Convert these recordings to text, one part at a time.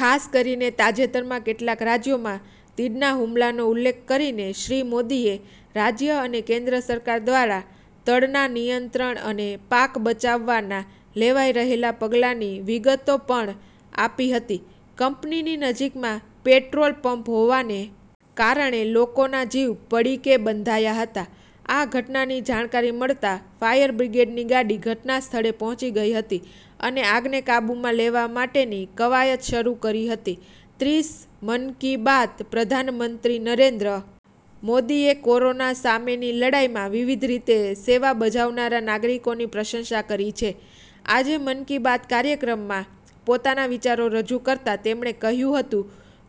ખાસ કરીને તાજેતરમાં કેટલાક રાજ્યોમાં તીડના હુમલાનો ઉલ્લેખ કરીને શ્રી મોદીએ રાજ્ય અને કેન્દ્ર સરકાર દ્વારા તડના નિયંત્રણ અને પાક બચાવવાના લેવાઇ રહેલા પગલાંની વિગતો પણ આપી હતી કંપનીની નજીકમાં પેટ્રોલ પમ્પ હોવાને કારણે લોકોના જીવ પડીકે બંધાયા હતા આ ઘટનાની જાણકારી મળતા ફાયર બ્રિગેડની ગાડી ઘટના સ્થળે પહોંચી ગઈ હતી અને આગને કાબુમાં લેવા માટેની કવાયત શરૂ કરી હતી ત્રીસ મન કી બાત પ્રધાનમંત્રી નરેન્દ્ર મોદીએ કોરોના સામેની લડાઇમાં વિવિધ રીતે સેવા બજાવનારા નાગરિકોની પ્રશંસા કરી છે આજે મન કી બાત કાર્યક્રમમાં પોતાના વિચારો રજૂ કરતાં તેમણે કહ્યું હતું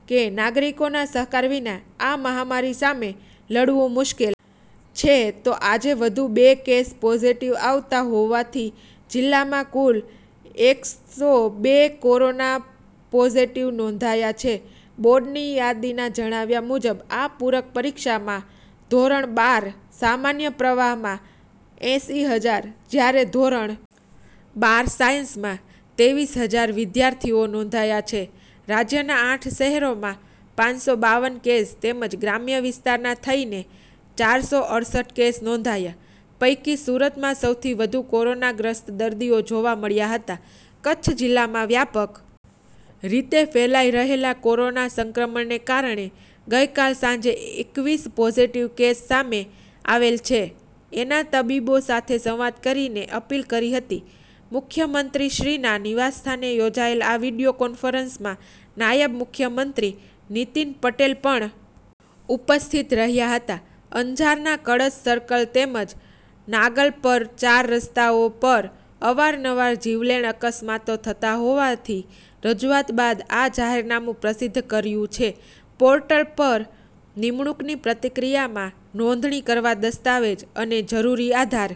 કે નાગરિકોના સહકાર વિના આ મહામારી સામે લડવું મુશ્કેલ છે તો આજે વધુ બે કેસ પોઝીટીવ આવતા હોવાથી જિલ્લામાં કુલ એક સો બે કોરોના પોઝીટીવ નોંધાયા છે બોર્ડની યાદીના જણાવ્યા મુજબ આ પુરક પરીક્ષામાં ધોરણ બાર સામાન્ય પ્રવાહમાં એંસી હજાર જયારે ધોરણ બાર સાયન્સમાં તેવીસ હજાર વિધાર્થીઓ નોંધાયા છે રાજયના આઠ શહેરોમાં પપર કેસ તેમજ ગ્રામ્ય વિસ્તારના થઈને ચાર સો અડસઠ કેસ નોંધાયા પૈકી સુરતમાં સૌથી વધુ કોરોનાગ્રસ્ત દર્દીઓ જોવા મળ્યા હતા કચ્છ જિલ્લામાં વ્યાપક રીતે ફેલાઈ રહેલા કોરોના સંક્રમણને કારણે ગઈકાલ સાંજે એકવીસ પોઝિટીવ કેસ સામે આવેલ છે એના તબીબો સાથે સંવાદ કરીને અપીલ કરી હતી મુખ્યમંત્રીશ્રીના નિવાસ્થાને યોજાયેલ આ વિડિયો કોન્ફરન્સમાં નાયબ મુખ્યમંત્રી નિતિન પટેલ પણ ઉપસ્થિત રહ્યા હતા અંજારના કળશ સર્કલ તેમજ નાગલપર ચાર રસ્તાઓ પર અવારનવાર જીવલેણ અકસ્માતો થતા હોવાથી રજુઆત બાદ આ જાહેરનામુ પ્રસિધ્ધ કરયુ છે પોર્ટલ પર નિમણુંકની પ્રતિક્રિયામાં નોંધણી કરવા દસ્તાવેજ અને જરૂરી આધાર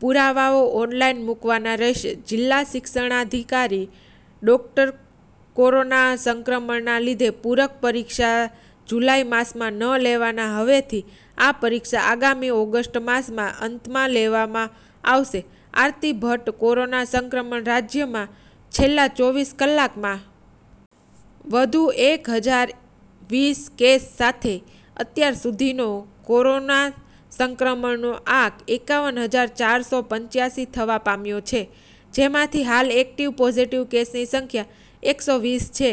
પુરાવાઓ ઓનલાઈન મુકવાના રહેશે જિલ્લા શિક્ષણાધિકારી ડો કોરોના સંક્રમણના લીધે પુરક પરીક્ષા જુલાઈ માસમાં ન લેવાના હવેથી આ પરીક્ષા આગામી ઓગષ્ટ માસના અંતમાં લેવામાં આવશે આરતી ભટ્ટ કોરોના સંક્રમણ રાજયમાં છેલ્લા ચોવીસ કલાકમાં વધુ એક હજાર વીસ કેસ સાથે અત્યાર સુધીનો કોરોના સંક્રમણનો આંક એકાવન હજાર ચાર સો પંચાસી થવા પામ્યો છે જેમાંથી હાલ એક્ટીવ પોઝીટવ કેસની સંખ્યા એક સો વીસ છે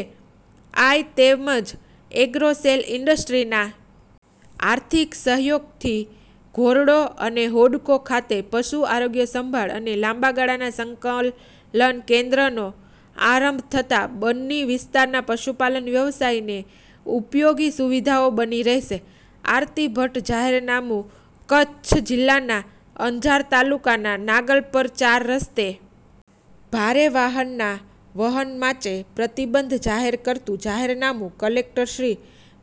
આઈ તેમજ એગ્રોસેલ ઈન્ડસ્ટ્રીઝના આર્થિક સહયોગથી ધોરડો અને હોડકો ખાતે પશુ આરોગ્ય સંભાળ અને લાંબાગાળાના સંકલન કેન્દ્રનો આરંભ થતા બન્ની વિસ્તારના પશુપાલન વ્યવસાયને ઉપયોગી સુવિધાઓ બની રહેશે આરતી ભટ્ટ જાહેરનામુ કચ્છ જિલ્લાના અંજાર તાલુકાના નાગલપર ચાર રસ્તે ભારે વાહનના વહન માચે પ્રતિબંધ જાહેર કરતુ જાહેરનામુ કલેક્ટરશ્રી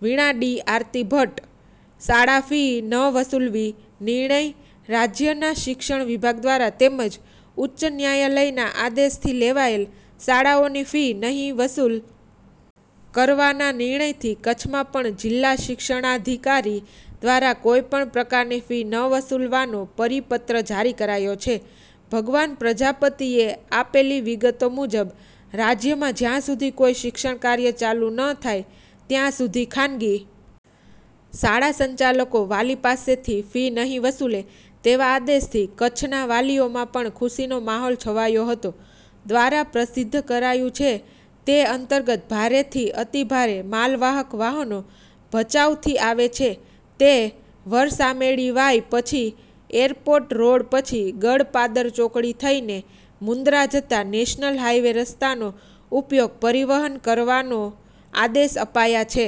વિણા ડી આરતી ભટ્ટ શાળા ફી ન વસુ લવી નિર્ણય રાજયના શિક્ષણ વિભાગ દ્વારા તેમજ ઉચ્ચ ન્યાયાલયના આદેશ થી લેવાયેલ શાળાઓની ફી નહી વસુલ કરવાના નિર્ણય થી કચ્છમાં પણ જિલ્લા શિક્ષણાધિકારી દ્વારા કોઈપણ પ્રકારની ફી ન વસુલવાનો પરિપત્ર જારી કરાયો છે ભગવાન પ્રજાપતિએ આપેલી વિગતો મુજબ રાજયમાં જયાં સુધી કોઈ શિક્ષણકાર્ય ચાલુ ન થાય ત્યાં સુધી ખાનગી શાળા સંચાલકો વાલી પાસેથી ફી નહી વસુલે તેવા આદેશથી કચ્છના વાલીઓમાં પણ ખુશીનો માહોલ છવાયો હતો દ્રારા પ્રસિધ્ધ કરાયું છે તે અંતર્ગત ભારે થી અતિભારે માલવાહક વાહનો ભચાઉ થી આવે છે તે વરસામેડી વાય પછી એરપોર્ટ રોડ પછી ગળપાદર ચોકડી થઈને મુન્દ્રા જતા નેશનલ હાઈવે રસ્તાનો ઉપયોગ પરિવહન કરવાનો આદેશ અપાયા છે।